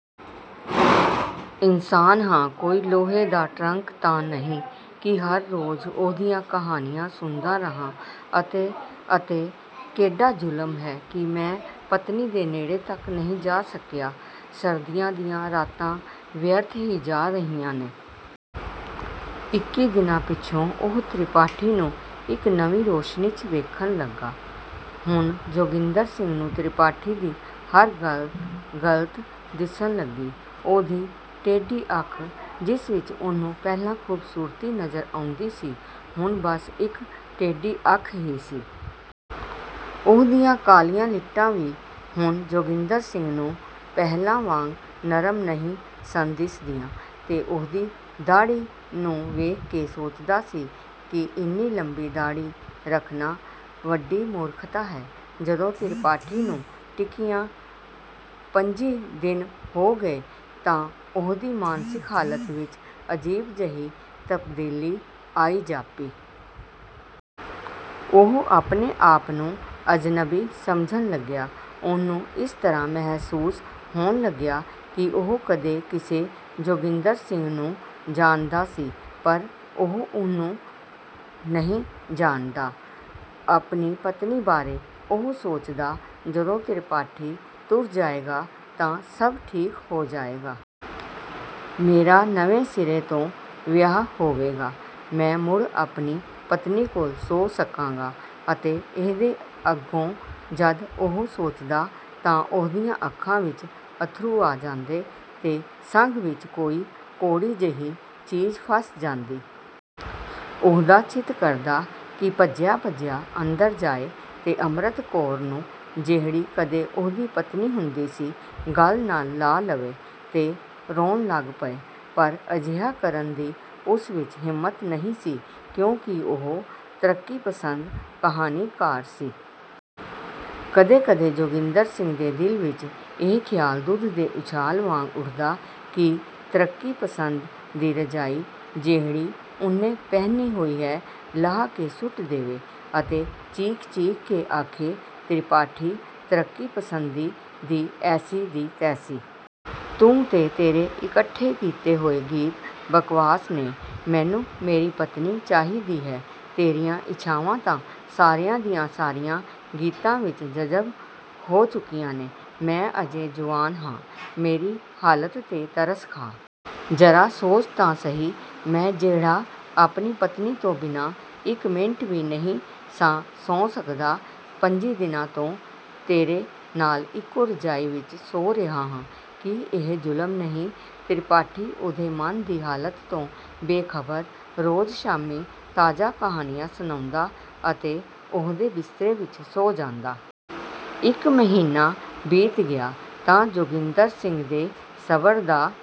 ਇਨਸਾਨ ਹਾਂ, ਕੋਈ ਲੋਹੇ ਦਾ ਟਰੰਕ ਤਾਂ ਨਹੀਂ ਕਿ ਹਰ ਰੋਜ਼ ਉਹਦੀਆਂ ਕਹਾਣੀਆਂ ਸੁਣਦਾ ਰਹਾਂ ਅਤੇ ਅਤੇ ਕੇਡਾ ਜ਼ੁਲਮ ਹੈ ਕਿ ਮੈਂ ਪਤਨੀ ਦੇ ਨੇੜੇ ਤਕ ਨਹੀਂ ਜਾ ਸਕਿਆ। ਸਰਦੀਆਂ ਦੀਆਂ ਰਾਤਾਂ ਵਿਅਰਥ ਹੀ ਜਾ ਰਹੀਆਂ ਨੇ। ਇੱਕੀ ਦਿਨਾਂ ਪਿੱਛੋਂ ਉਹ ਤ੍ਰਿਪਾਠੀ ਨੂੰ ਇਕ ਨਵੀਂ ਰੌਸ਼ਨੀ ’ਚ ਵੇਖਣ ਲੱਗਾ। ਹੁਣ ਜੋਗਿੰਦਰ ਸਿੰਘ ਨੂੰ ਤ੍ਰਿਪਾਠੀ ਦੀ ਹਰ ਗੱਲ ਗਲਤ ਦਿਸਣ ਲੱਗੀ। ਉਹਦੀ ਟੇਢੀ ਅੱਖ, ਜਿਸ ਵਿੱਚ ਉਹਨੂੰ ਪਹਿਲਾਂ ਖੂਬਸੂਰਤੀ ਨਜ਼ਰ ਆਉਂਦੀ ਸੀ, ਹੁਣ ਬੱਸ ਇੱਕ ਟੇਢੀ ਅੱਖ ਹੀ ਸੀ। ਉਹਦੀਆਂ ਕਾਲੀਆਂ ਲਿਟਾਂ ਵੀ ਹੁਣ ਜੋਗਿੰਦਰ ਸਿੰਘ ਨੂੰ ਪਹਿਲਾਂ ਵਾਂਗ ਨਰਮ ਨਹੀਂ ਸਨ ਦਿਸਦੀਆਂ ਤੇ ਉਹਦੀ ਦਾੜ੍ਹੀ ਨੂੰ ਵੇਖ ਕੇ ਸੋਚਦਾ ਸੀ ਕਿ ਇੰਨੀ ਲੰਬੀ ਦਾੜ੍ਹੀ ਰੱਖਣਾ ਵੱਡੀ ਮੂਰਖਤਾ ਹੈ। ਜਦੋਂ ਤ੍ਰਿਪਾਠੀ ਨੂੰ ਟਿਕਿਆਂ ਪੰਝੀ ਦਿਨ ਹੋ ਗਏ ਤਾਂ ਉਹਦੀ ਮਾਨਸਿਕ ਹਾਲਤ ਵਿੱਚ ਅਜੀਬ ਜਿਹੀ ਤਬਦੀਲੀ ਆਈ ਜਾਪੀ। ਉਹ ਆਪਣੇ ਆਪ ਨੂੰ ਅਜਨਬੀ ਸਮਝਣ ਲੱਗਿਆ। ਉਹਨੂੰ ਇਸ ਤਰ੍ਹਾਂ ਮਹਿਸੂਸ ਹੋਣ ਲੱਗਿਆ ਕਿ ਉਹ ਕਦੇ ਕਿਸੇ ਜੋਗਿੰਦਰ ਸਿੰਘ ਨੂੰ ਜਾਣਦਾ ਸੀ ਪਰ ਉਹ ਉਹਨੂੰ ਨਹੀਂ ਜਾਣਦਾ। ਆਪਣੀ ਪਤਨੀ ਬਾਰੇ ਉਹ ਸੋਚਦਾ, ਜਦੋਂ ਤ੍ਰਿਪਾਠੀ ਤੁਰ ਜਾਏਗਾ ਤਾਂ ਸਭ ਠੀਕ ਹੋ ਜਾਏਗਾ। ਮੇਰਾ ਨਵੇਂ ਸਿਰੇ ਤੋਂ ਵਿਆਹ ਹੋਵੇਗਾ। ਮੈਂ ਮੁੜ ਆਪਣੀ ਪਤਨੀ ਕੋਲ ਸੌਂ ਸਕਾਂਗਾ ਅਤੇ ਇਹਦੇ ਅੱਗੋਂ ਜਦ ਉਹ ਸੋਚਦਾ ਤਾਂ ਉਹਦੀਆਂ ਅੱਖਾਂ ਵਿੱਚ ਅੱਥਰੂ ਆ ਜਾਂਦੇ ਤੇ ਸੰਘ ਵਿੱਚ ਕੋਈ ਕੌੜੀ ਜਿਹੀ ਚੀਜ਼ ਫਸ ਜਾਂਦੀ। ਉਹਦਾ ਚਿੱਤ ਕਰਦਾ ਕਿ ਭੱਜਿਆ-ਭੱਜਿਆ ਅੰਦਰ ਜਾਏ ਤੇ ਅੰਮ੍ਰਿਤ ਕੌਰ ਨੂੰ, ਜਿਹੜੀ ਕਦੇ ਉਹਦੀ ਪਤਨੀ ਹੁੰਦੀ ਸੀ, ਗਲ ਨਾਲ ਲਾ ਲਵੇ ਤੇ ਰੋਣ ਲੱਗ ਪਏ। ਪਰ ਅਜਿਹਾ ਕਰਨ ਦੀ ਉਸ ਵਿੱਚ ਹਿੰਮਤ ਨਹੀਂ ਸੀ ਕਿਉਂਕਿ ਉਹ ਤਰੱਕੀਪਸੰਦ ਕਹਾਣੀਕਾਰ ਸੀ। ਕਦੇ-ਕਦੇ ਜੋਗਿੰਦਰ ਸਿੰਘ ਦੇ ਦਿਲ ਵਿੱਚ ਇਹ ਖ਼ਿਆਲ ਦੁੱਧ ਦੇ ਉਛਾਲ ਵਾਂਗ ਉੱਠਦਾ ਕਿ ਤਰੱਕੀਪਸੰਦ ਦੀ ਰਜ਼ਾਈ ਜਿਹੜੀ ਉਹਨੇ ਪਹਿਨੀ ਹੋਈ ਹੈ, ਲਾਹ ਕੇ ਸੁੱਟ ਦੇਵੇ ਅਤੇ ਚੀਕ-ਚੀਕ ਕੇ ਆਖੇ, ਤ੍ਰਿਪਾਠੀ, ਤਰੱਕੀਪਸੰਦੀ ਦੀ ਐਸੀ ਦੀ ਤੈਸੀ। ਤੂੰ ਤੇ ਤੇਰੇ ਇਕੱਠੇ ਕੀਤੇ ਹੋਏ ਗੀਤ ਬਕਵਾਸ ਨੇ, ਮੈਨੂੰ ਮੇਰੀ ਪਤਨੀ ਚਾਹੀਦੀ ਹੈ। ਤੇਰੀਆਂ ਇੱਛਾਵਾਂ ਤਾਂ ਸਾਰੀਆਂ ਦੀਆਂ ਸਾਰੀਆਂ ਗੀਤਾਂ ਵਿੱਚ ਜਜ਼ਬ ਹੋ ਚੁੱਕੀਆਂ ਨੇ। ਮੈਂ ਅਜੇ ਜੁਆਨ ਹਾਂ, ਮੇਰੀ ਹਾਲਤ ’ਤੇ ਤਰਸ ਖਾ। ਜ਼ਰਾ ਸੋਚ ਤਾਂ ਸਹੀ, ਮੈਂ ਜਿਹੜਾ ਆਪਣੀ ਪਤਨੀ ਤੋਂ ਬਿਨਾਂ ਇੱਕ ਮਿੰਟ ਵੀ ਨਹੀਂ ਸਾਂ ਸੌਂ ਸਕਦਾ, ਪੰਝੀ ਦਿਨਾਂ ਤੋਂ ਤੇਰੇ ਨਾਲ ਇੱਕੋ ਰਜ਼ਾਈ ਵਿੱਚ ਸੌਂ ਰਿਹਾ ਹਾਂ। ਕੀ ਇਹ ਜ਼ੁਲਮ ਨਹੀਂ? ਤ੍ਰਿਪਾਠੀ ਉਹਦੇ ਮਨ ਦੀ ਹਾਲਤ ਤੋਂ ਬੇਖਬਰ ਰੋਜ਼ ਸ਼ਾਮੀਂ ਤਾਜ਼ਾ ਕਹਾਣੀਆਂ ਸੁਣਾਉਂਦਾ ਅਤੇ ਉਹਦੇ ਬਿਸਤਰੇ ਵਿੱਚ ਸੌਂ ਜਾਂਦਾ। ਇੱਕ ਮਹੀਨਾ ਬੀਤ ਗਿਆ ਤਾਂ ਜੋਗਿੰਦਰ ਸਿੰਘ ਦੇ ਸਬਰ ਦਾ